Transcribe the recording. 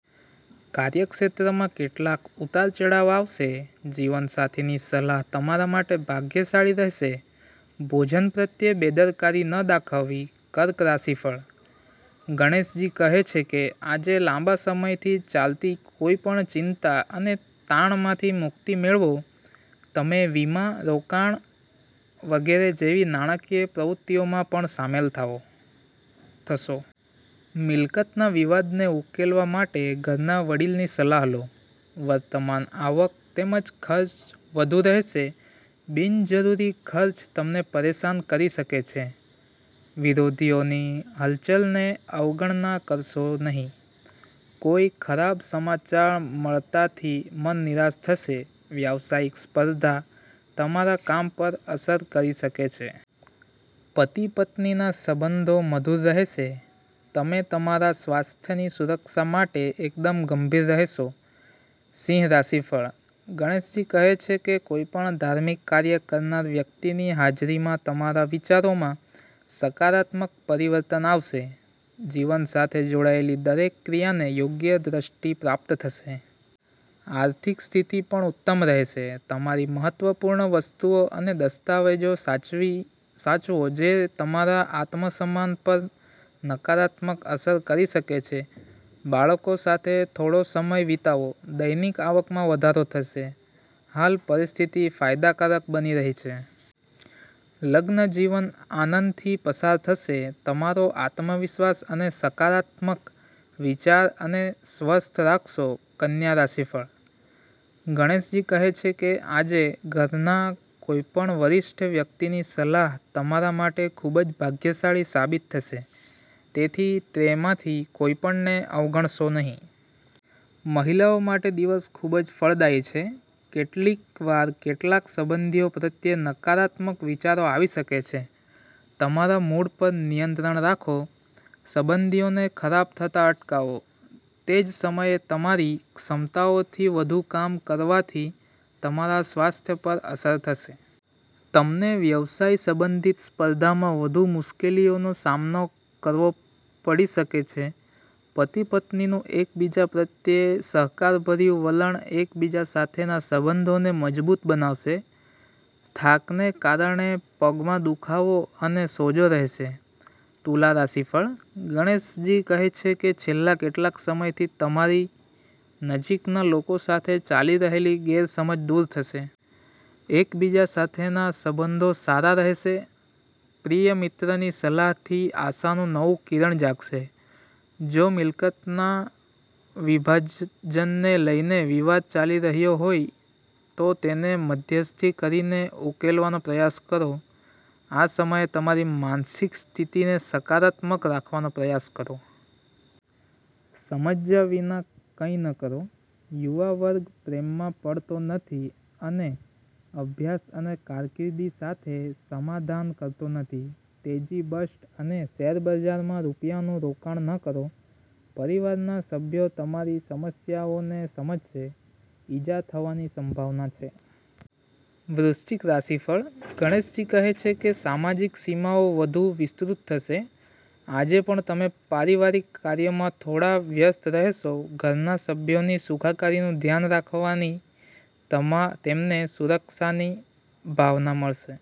કાર્યક્ષેત્રમાં કેટલાક ઉતાર-ચઢાવ આવશે. જીવનસાથીની સલાહ તમારા માટે ભાગ્યશાળી રહેશે. ભોજન પ્રત્યે બેદરકારી ન દાખવવી. કર્ક રાશિફળ: ગણેશજી કહે છે કે આજે લાંબા સમયથી ચાલતી કોઈપણ ચિંતા અને તાણમાંથી મુક્તિ મેળવો. તમે વીમા, રોકાણ વગેરે જેવી નાણાકીય પ્રવૃત્તિઓમાં પણ સામેલ થશો. મિલકતના વિવાદને ઉકેલવા માટે ઘરના વડીલની સલાહ લો. વર્તમાન આવક તેમજ ખર્ચ વધુ રહેશે. બિનજરૂરી ખર્ચ તમને પરેશાન કરી શકે છે. વિરોધીઓની હલચલને અવગણશો નહીં. કોઈ ખરાબ સમાચાર મળવાથી મન નિરાશ થશે. વ્યવસાયિક સ્પર્ધા તમારા કામ પર અસર કરી શકે છે. પતિ-પત્નીના સંબંધો મધુર રહેશે. તમે તમારા સ્વાસ્થ્યની સુરક્ષા માટે એકદમ ગંભીર રહેશો. સિંહ રાશિફળ: ગણેશજી કહે છે કે કોઈપણ ધાર્મિક કાર્ય કરનાર વ્યક્તિની હાજરીમાં તમારા વિચારોમાં સકારાત્મક પરિવર્તન આવશે. જીવન સાથે જોડાયેલી દરેક ક્રિયાને યોગ્ય દ્રષ્ટિ પ્રાપ્ત થશે. આર્થિક સ્થિતિ પણ ઉત્તમ રહેશે. તમારી મહત્વપૂર્ણ વસ્તુઓ અને દસ્તાવેજો સાચવો જે તમારા આત્મસન્માન પર નકારાત્મક અસર કરી શકે છે. બાળકો સાથે થોડો સમય વિતાવો. દૈનિક આવકમાં વધારો થશે. હાલ પરિસ્થિતિ ફાયદાકારક બની રહી છે. લગ્નજીવન આનંદથી પસાર થશે. તમારો આત્મવિશ્વાસ અને સકારાત્મક વિચાર તમને સ્વસ્થ રાખશે. કન્યા રાશિફળ: ગણેશજી કહે છે કે આજે ઘરના કોઈપણ વરિષ્ઠ વ્યક્તિની સલાહ તમારા માટે ખૂબ જ ભાગ્યશાળી સાબિત થશે. તેથી તેમાંથી કોઈપણને અવગણશો નહીં. મહિલાઓ માટે દિવસ ખૂબ જ ફળદાયી છે. કેટલીકવાર કેટલાક સંબંધીઓ પ્રત્યે નકારાત્મક વિચારો આવી શકે છે. તમારા મૂડ પર નિયંત્રણ રાખો. સંબંધોને ખરાબ થતા અટકાવો. તે જ સમયે, તમારી ક્ષમતાઓથી વધુ કામ કરવાથી તમારા સ્વાસ્થ્ય પર અસર થશે. તમને વ્યવસાય સંબંધિત સ્પર્ધામાં વધુ મુશ્કેલીઓનો સામનો કરવો પડી શકે છે. પતિ-પત્નીનું એકબીજા પ્રત્યે સહકારભર્યું વલણ એકબીજા સાથેના સંબંધોને મજબૂત બનાવશે. થાકને કારણે પગમાં દુખાવો અને સોજો રહેશે. તુલા રાશિફળ: ગણેશજી કહે છે કે છેલ્લા કેટલાક સમયથી તમારી નજીકના લોકો સાથે ચાલી રહેલી ગેરસમજ દૂર થશે. એકબીજા સાથેના સંબંધો સારા રહેશે. પ્રિય મિત્રની સલાહથી આશાનું નવું કિરણ જાગશે. જો મિલકતના વિભાજનને લઈને વિવાદ ચાલી રહ્યો હોય, તો તેને મધ્યસ્થી કરીને ઉકેલવાનો પ્રયાસ કરો. આ સમયે તમારી માનસિક સ્થિતિને સકારાત્મક રાખવાનો પ્રયાસ કરો. સમજ્યા વિના કંઈ ન કરો. યુવા વર્ગ પ્રેમમાં પડતો નથી અને અભ્યાસ અને કારકિર્દી સાથે સમાધાન કરતો નથી. તેજી-બસ્ટ અને શેરબજારમાં રૂપિયાનું રોકાણ ન કરો. પરિવારના સભ્યો તમારી સમસ્યાઓને સમજશે. ઈજા થવાની સંભાવના છે. વૃશ્ચિક રાશિફળ: ગણેશ કહે છે કે સામાજિક સીમાઓ વધુ વિસ્તૃત થશે. આજે પણ તમે પારિવારિક કાર્યોમાં થોડા વ્યસ્ત રહેશો. ઘરના સભ્યોની સુખાકારીનું ધ્યાન રાખવાથી તેમને સુરક્ષાની ભાવના મળશે.